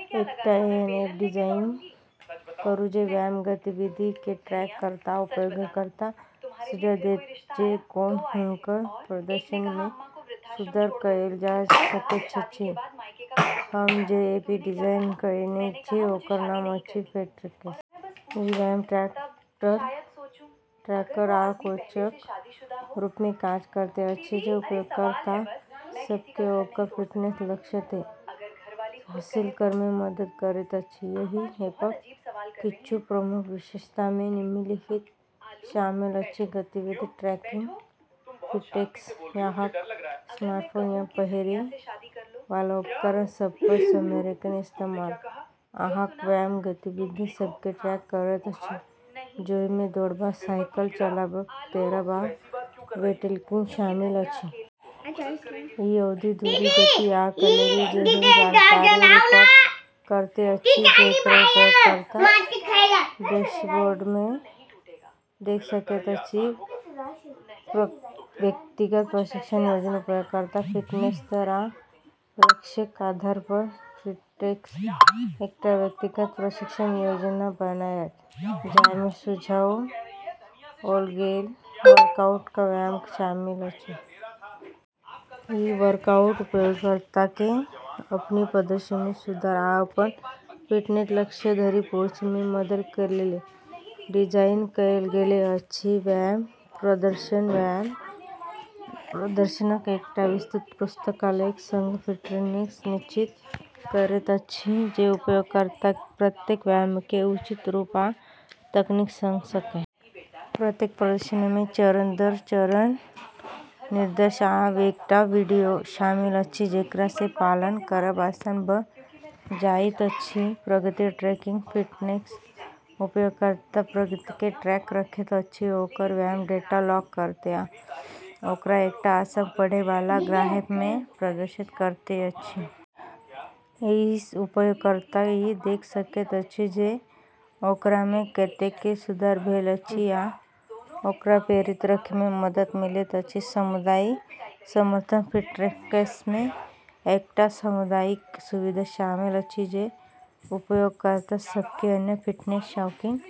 एकटा एहन app design करू जे व्यायाम गतिविधि केँ ट्रैक करत आ उपयोगकर्ताकेँ सुझाव देत जे कोना हुनकर प्रदर्शनमे सुधार कएल जा सकैत अछि। हम जे ऐप डिजाइन कएने छी ओकर नाम अछि "फिटट्रैक्स"। ई व्यायाम ट्रैकर आ कोचक रूपमे काज करैत अछि जे उपयोगकर्ता सभकेँ ओकर फिटनेस लक्ष्यकेँ हासिल करैमे मदद करैत अछि। एहि ऐपक किछु प्रमुख विशेषतामे निम्नलिखित शामिल अछि: गतिविधि ट्रैकिंग: फिटट्रैक्स अहाँक स्मार्टफोन या पहिरै वाला उपकरण सभपर सेंसरक इस्तेमाल कऽ कऽ अहाँक व्यायाम गतिविधि सभकेँ ट्रैक करैत अछि, जाहिमे दौड़ब, साइकिल चलाबब, तैरब, आ वेटलिफ्टिंग शामिल अछि। ई अवधि, दूरी, गति, आ कैलोरी जेहन जानकारी रिकॉर्ड करैत अछि, जेकरा उपयोगकर्ता डैशबोर्डमे देख सकैत अछि। व्यक्तिगत प्रशिक्षण योजना: उपयोगकर्ताक फिटनेस स्तर आ लक्ष्यक आधारपर फिटट्रैक्स एकटा व्यक्तिगत प्रशिक्षण योजना बनायत जाहिमे सुझाओल गेल वर्कआउट आ व्यायाम शामिल अछि। ई वर्कआउट उपयोगकर्ताकेँ अपन प्रदर्शनमे सुधार आ अपन फिटनेस लक्ष्य धरि पहुँचैमे मदद करैलेल डिजाइन कएल गेल अछि। व्यायाम प्रदर्शन: व्यायाम प्रदर्शनक एकटा विस्तृत पुस्तकालयक संग, फिटट्रैक्स सुनिश्चित करैत अछि जे उपयोगकर्ता प्रत्येक व्यायामकेँ उचित रूप आ तकनीकक संग कऽ सकय। प्रत्येक प्रदर्शनमे चरण-दर-चरण निर्देश आ एकटा वीडियो शामिल अछि, जेकरासँ पालन करब आसान भऽ जाइत अछि। प्रगति ट्रैकिंग: फिटट्रैक्स उपयोगकर्ताक प्रगतिकेँ ट्रैक रखैत अछि, ओकर व्यायाम डेटा लॉग करैत आ ओकरा एकटा आसान-पढ़ै वाला ग्राफमे प्रदर्शित करैत अछि। एहिसँ उपयोगकर्ता ई देख सकैत अछि जे ओकरामे कतेक सुधार भेल अछि आ ओकरा प्रेरित रखैमे मदद मिलैत अछि। सामुदायिक समर्थन: फिटट्रैक्समे एकटा सामुदायिक सुविधा शामिल अछि जे उपयोगकर्ता सभकेँ अन्य फिटनेस शौकीन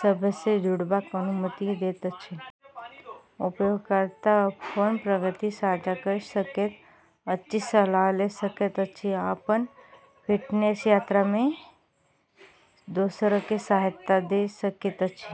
सभसँ जुड़बाक अनुमति दैत अछि। उपयोगकर्ता अपन प्रगति साझा कऽ सकैत अछि, सलाह लऽ सकैत अछि, आ अपन फिटनेस यात्रामे दोसरकेँ सहायता दऽ सकैत अछि।